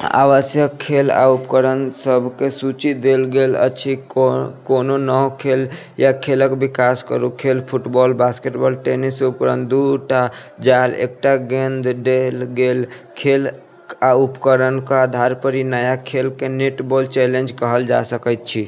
आवश्यक खेल आ उपकरण सभक सूची देल गेल अछि, कोनो नव खेल या खेलक विकास करू। खेल: फुटबॉल, बास्केटबॉल, टेनिस उपकरण: दू टा जाल, एकटा गेंद देल गेल खेल आ उपकरणक आधार पर ई नया खेल केँ "नेट बॉल चैलेंज" कहल जा सकैत अछि।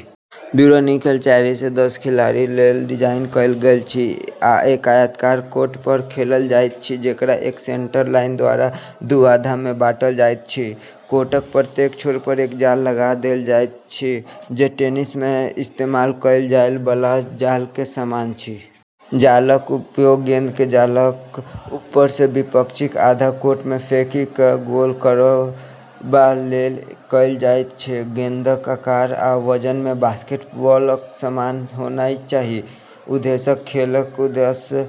विवरण: ई खेल चारि सँ दस खिलाड़ी लेल डिजाइन कएल गेल अछि आ एक आयताकार कोर्ट पर खेलल जाइत अछि, जेकरा एक सेंटरलाइन द्वारा दू आधा मे बाँटल जाइत अछि। कोर्टक प्रत्येक छोर पर एक जाल लगा देल जाइत अछि, जे टेनिस मे इस्तेमाल कएल जाए बला जाल केँ समान अछि। जालक उपयोग गेंद केँ जालक ऊपर सँ विपक्षीक आधा कोर्ट मे फेंकि कऽ गोल करबा लेल कएल जाइत अछि। गेंदक आकार आ वजन मे बास्केटबॉलक समान होनाइ चाही। उद्देश्य: खेलक उद्देश्य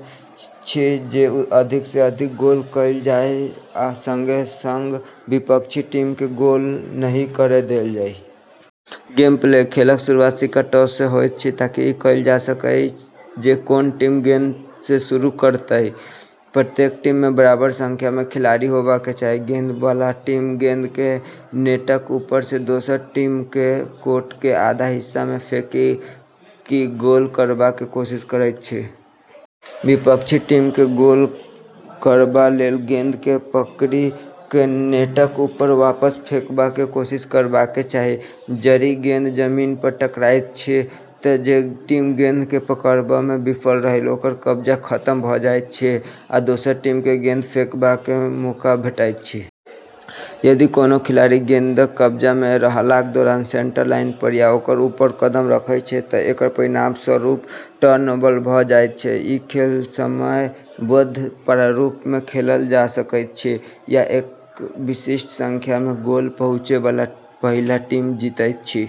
अछि जे अधिक सँ अधिक गोल कएल जाए आ संगे-संग विपक्षी टीम केँ गोल नहि करै देल जाए। गेमप्ले: खेलक शुरुआत सिक्का टॉस सँ होइत अछि ताकि ई तय कएल जा सकए जे कोन टीम गेंद सँ शुरू करत। प्रत्येक टीम मे बराबर संख्या मे खिलाड़ी हेबाक चाही। गेंद बला टीम गेंद केँ नेटक ऊपर सँ दोसर टीमक कोर्टक आधा हिस्सा मे फेंकि कऽ गोल करबाक कोशिश करैत अछि। विपक्षी टीम केँ गोल करबा लेल गेंद केँ पकड़ि कऽ नेटक ऊपर वापस फेंकबाक कोशिश करबाक चाही। जरि गेंद जमीन पर टकराइत अछि तँ जे टीम गेंद केँ पकड़बा मे विफल रहल ओकर कब्जा खतम भऽ जाइत अछि, आ दोसर टीम केँ गेंद फेंकबाक मौका भेटैत अछि। यदि कोनो खिलाड़ी गेंदक कब्जा मे रहलाक दौरान सेंटरलाइन पर या ओकरा ऊपर कदम रखैत अछि तँ एकर परिणामस्वरूप टर्नओवर भऽ जाइत अछि। ई खेल समयबद्ध प्रारूप मे खेलल जा सकैत अछि या एक विशिष्ट संख्या मे गोल पहुँचे बला पहिल टीम जीतैत अछि।